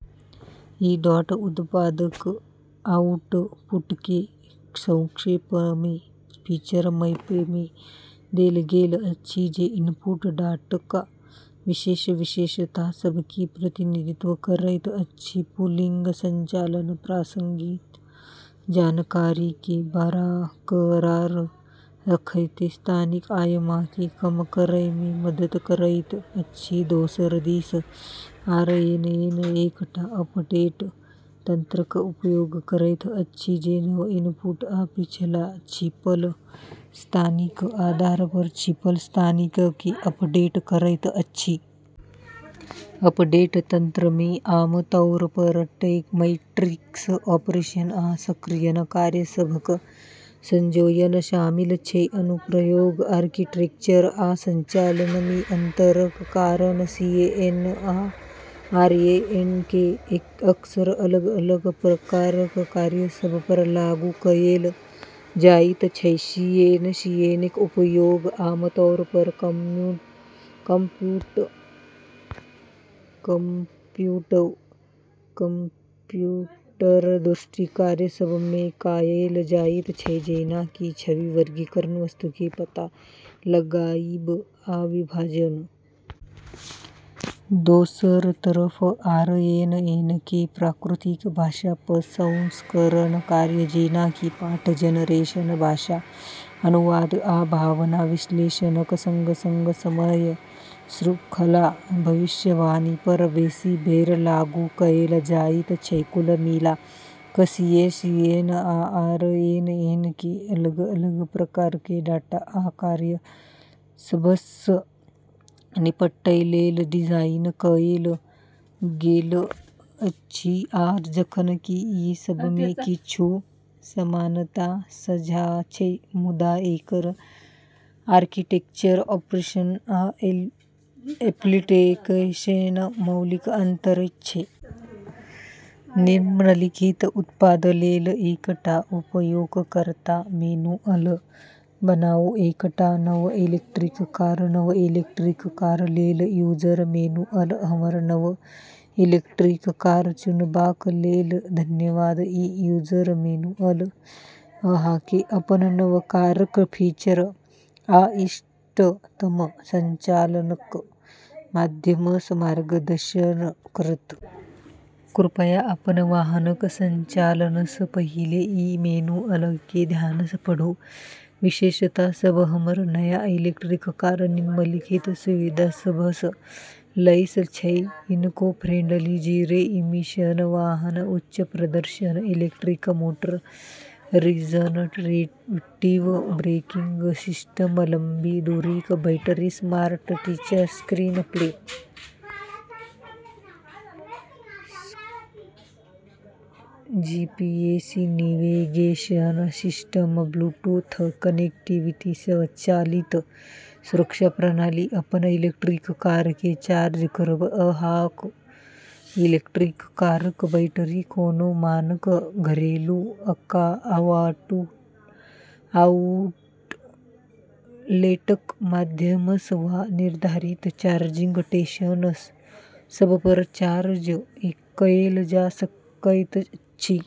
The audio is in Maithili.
ई डॉट उत्पादक आउटपुटकेँ संक्षेपमे फीचर मैपमे देल गेल अछि जे इनपुट डाटाक विशेष विशेषता सभकेँ प्रतिनिधित्व करैत अछि। पूलिंग संचालन प्रासंगिक जानकारीकेँ बरकरार रखैत स्थानिक आयामकेँ कम करैमे मदद करैत अछि। दोसर दिस आरएनएन एकटा अपडेट तंत्रक उपयोग करैत अछि जे नव इनपुट आ पिछला छिपल स्थितिक आधारपर छिपल स्थितिकेँ अपडेट करैत अछि। अपडेट तंत्रमे आमतौरपर मैट्रिक्स ऑपरेशन आ सक्रियण कार्य सभक संयोजन शामिल छै। अनुप्रयोग: आर्किटेक्चर आ संचालनमे अंतरक कारण सीएनएन आ आरएनएनकेँ अक्सर अलग-अलग प्रकारक कार्य सभपर लागू कएल जाइत छै। सीएनएनक उपयोग आमतौरपर कंप्यूटर दृष्टि कार्य सभमे कएल जाइत छै, जेना कि छवि वर्गीकरण, वस्तुकेँ पता लगाइब, आ विभाजन। दोसर तरफ आरएनएनकेँ प्राकृतिक भाषा प्रसंस्करण कार्य, जेना कि पाठ जनरेशन, भाषा अनुवाद, आ भावना विश्लेषणक संग-संग समय श्रृंखला भविष्यवाणीपर बेसी बेर लागू कएल जाइत छै। कुल मिला कऽ, सीएनएन आ आरएनएनकेँ अलग-अलग प्रकारक डाटा आ कार्य सभसँ निपटै लेल डिजाइन कएल गेल अछि, आ जखन कि ई सभमे किछु समानता साझा छै, मुदा एकर आर्किटेक्चर, ऑपरेशन आ एप्लीकेशनमे मौलिक अंतर छै। निम्नलिखित उत्पाद लेल एकटा उपयोगकर्ता मैनुअल बनाउ एकटा नव इलेक्ट्रिक कार नव इलेक्ट्रिक कार लेल यूजर मैनुअल हमर नव इलेक्ट्रिक कार चुनबाक लेल धन्यवाद। ई यूजर मैनुअल अहाँकेँ अपन नव कारक फीचर आ इष्टतम संचालनक माध्यमसँ मार्गदर्शन करत। कृपया अपन वाहनक संचालनसँ पहिले ई मैनुअलकेँ ध्यानसँ पढ़ू। विशेषता सभ हमर नया इलेक्ट्रिक कार निम्नलिखित सुविधा सभसँ लैस छै: इको-फ्रेंडली, जीरो-इमिशन वाहन उच्च प्रदर्शन electric motor regenerative braking system लंबी दूरीक battery smart touchscreen display GPS navigation system Bluetooth connectivity स्वचालित सुरक्षा प्रणाली अपन इलेक्ट्रिक कारकेँ चार्ज करब अहाँक इलेक्ट्रिक कारक बैटरी कोनो मानक घरेलू आउटलेटक माध्यमसँ वा निर्धारित चार्जिंग स्टेशन सभपर चार्ज कएल जा सकैत अछि।